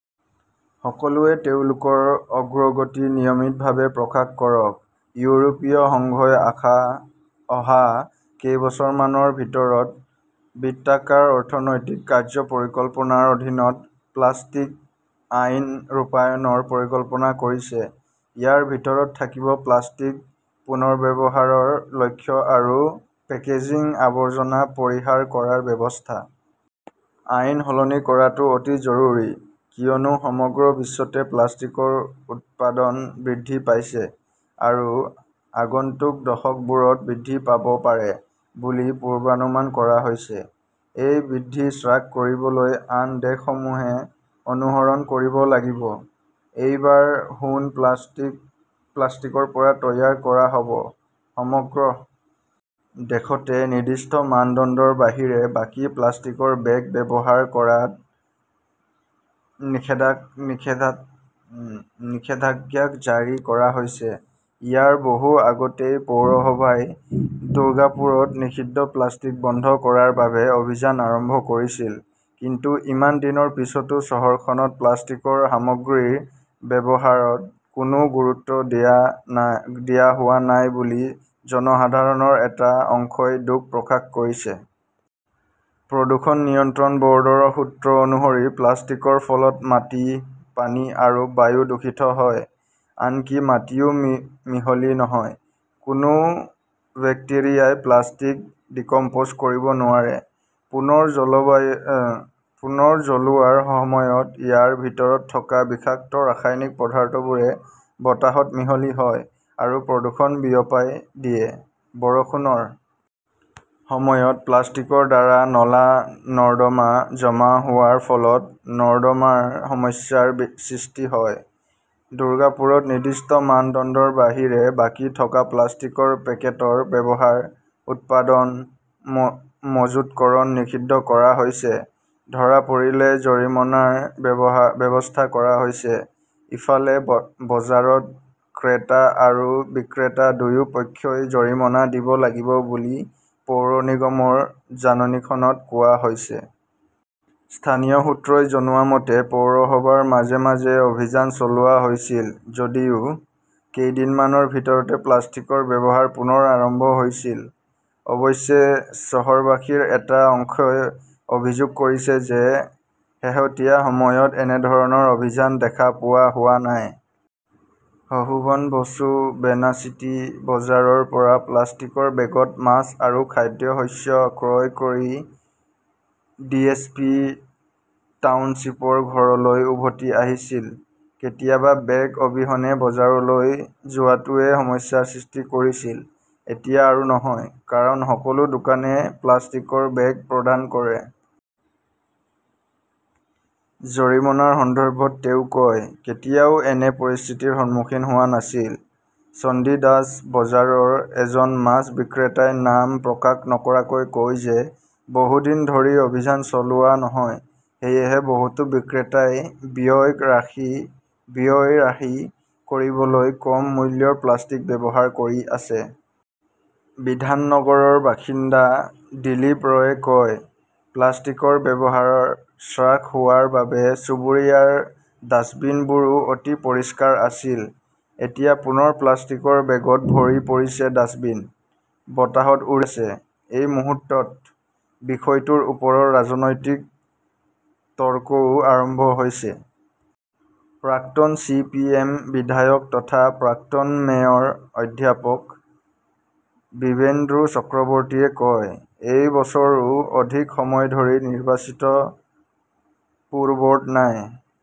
সকলোৱে তেওঁলোকৰ অগ্ৰগতি নিয়মিতভাৱে প্ৰকাশ কৰক। ইউৰোপীয় সংঘই অহা কেইবছৰমানৰ ভিতৰত বৃত্তাকাৰ অৰ্থনৈতিক কাৰ্য্য পৰিকল্পনাৰ অধীনত প্লাষ্টিক আইন ৰূপায়ণৰ পৰিকল্পনা কৰিছে। ইয়াৰ ভিতৰত থাকিব প্লাষ্টিক পুনৰ্ব্যৱহাৰৰ লক্ষ্য আৰু পেকেজিং আৱৰ্জনা পৰিহাৰ কৰাৰ ব্যৱস্থা। আইন সলনি কৰাটো অতি জৰুৰী। কিয়নো সমগ্ৰ বিশ্বতে প্লাষ্টিকৰ উৎপাদন বৃদ্ধি পাইছে আৰু আগন্তুক দশকবোৰত বৃদ্ধি পাব পাৰে বুলি পূৰ্বানুমান কৰা হৈছে। এই বৃদ্ধি হ্ৰাস কৰিবলৈ আন দেশসমূহে অনুসৰণ কৰিব লাগিব। এইবাৰ সোণ প্লাষ্টিকৰ পৰা তৈয়াৰ কৰা হ'ব! সমগ্ৰ দেশতে নিৰ্দিষ্ট মানদণ্ডৰ বাহিৰে বাকী প্লাষ্টিকৰ বেগ ব্যৱহাৰ কৰাত নিষেধাজ্ঞা জাৰি কৰা হৈছে। ইয়াৰ বহু আগতেই পৌৰসভাই দুৰ্গাপুৰত নিষিদ্ধ প্লাষ্টিক বন্ধ কৰাৰ বাবে অভিযান আৰম্ভ কৰিছিল। কিন্তু ইমান দিনৰ পিছতো চহৰখনত প্লাষ্টিকৰ সামগ্ৰীৰ ব্যৱহাৰত কোনো গুৰুত্ব দিয়া হোৱা নাই বুলি জনসাধাৰণৰ এটা অংশই দুখ প্ৰকাশ কৰিছে। প্ৰদূষণ নিয়ন্ত্ৰণ ব'ৰ্ডৰ সূত্ৰ অনুসৰি প্লাষ্টিকৰ ফলত মাটি, পানী আৰু বায়ু দূষিত হয়। আনকি মাটিতও মিহলি নহয়। কোনো বেক্টেৰিয়াই প্লাষ্টিক 'ডিকম্প'জ' কৰিব নোৱাৰে। পুনৰ জ্বলোৱাৰ সময়ত ইয়াৰ ভিতৰত থকা বিষাক্ত ৰাসায়নিক পদাৰ্থবোৰে বতাহত মিহলি হয় আৰু প্ৰদূষণ বিয়পাই দিয়ে। বৰষুণৰ সময়ত প্লাষ্টিকৰ দ্বাৰা নলা-নৰ্দমা জমা হোৱাৰ ফলত নৰ্দমাৰ সমস্যাৰ সৃষ্টি হয়। দুৰ্গাপুৰত নিৰ্দিষ্ট মানদণ্ডৰ বাহিৰে বাকী থকা প্লাষ্টিকৰ পেকেটৰ ব্যৱহাৰ, উৎপাদন, মজুতকৰণ নিষিদ্ধ কৰা হৈছে। ধৰা পৰিলে জৰিমনাৰ ব্যৱস্থা কৰা হৈছে। ইফালে, বজাৰত ক্ৰেতা আৰু বিক্ৰেতা দুয়ো পক্ষই জৰিমনা দিব লাগিব বুলি পৌৰ নিগমৰ জাননীখনত কোৱা হৈছে। স্থানীয় সূত্ৰই জনোৱা মতে, পৌৰসভাৰ মাজে মাজে অভিযান চলোৱা হৈছিল যদিও কেইদিনমানৰ ভিতৰতে প্লাষ্টিকৰ ব্যৱহাৰ পুনৰ আৰম্ভ হৈছিল! অৱশ্যে, চহৰবাসীৰ এটা অংশই অভিযোগ কৰিছে যে শেহতীয়া সময়ত এনেধৰণৰ অভিযান দেখা পোৱা হোৱা নাই। সুশোভন বসু বেনাচিটি বজাৰৰ পৰা প্লাষ্টিকৰ বেগত মাছ আৰু খাদ্যশস্য ক্ৰয় কৰি ডিএছপি টাউনশ্বিপৰ ঘৰলৈ উভতি আহিছিল।"কেতিয়াবা বেগ অবিহনে বজাৰলৈ যোৱাটোৱে সমস্যাৰ সৃষ্টি কৰিছিল।"এতিয়া আৰু নহয়। কাৰণ, সকলো দোকানে প্লাষ্টিকৰ বেগ প্ৰদান কৰে। "জৰিমনাৰ সন্দৰ্ভত তেওঁ কয়", "কেতিয়াও এনে পৰিস্থিতিৰ সন্মুখীন হোৱা নাছিল। " "চণ্ডীদাস বজাৰৰ এজন মাছ বিক্ৰেতাই নাম প্ৰকাশ নকৰাকৈ কয় যে বহু দিন ধৰি অভিযান চলোৱা নহয়।" সেয়েহে, বহুতো বিক্ৰেতাই ব্যয় ৰাহি কৰিবলৈ কম মূল্যৰ প্লাষ্টিক ব্যৱহাৰ কৰি আছে। বিধাননগৰৰ বাসিন্দা দিলীপ ৰয়ে কয়, "প্লাষ্টিকৰ ব্যৱহাৰ হ্ৰাস হোৱাৰ বাবে চুবুৰীয়াৰ ডাষ্টবিন বোৰো অতি পৰিষ্কাৰ আছিল। এতিয়া পুনৰ প্লাষ্টিকৰ বেগত ভৰি পৰিছে ডাষ্টবিন। বতাহত উৰি আছে। "এই মুহূৰ্তত, বিষয়টোৰ ওপৰত ৰাজনৈতিক তৰ্কও আৰম্ভ হৈছে। প্ৰাক্তন চি. পি. এম. বিধায়ক তথা প্ৰাক্তন মেয়ৰ অধ্যাপক বিব্ৰেন্দু চক্ৰৱৰ্তীয়ে কয়, "এইবছৰৰো অধিক সময় ধৰি নিৰ্বাচিত পুৰব'ৰ্ড নাই।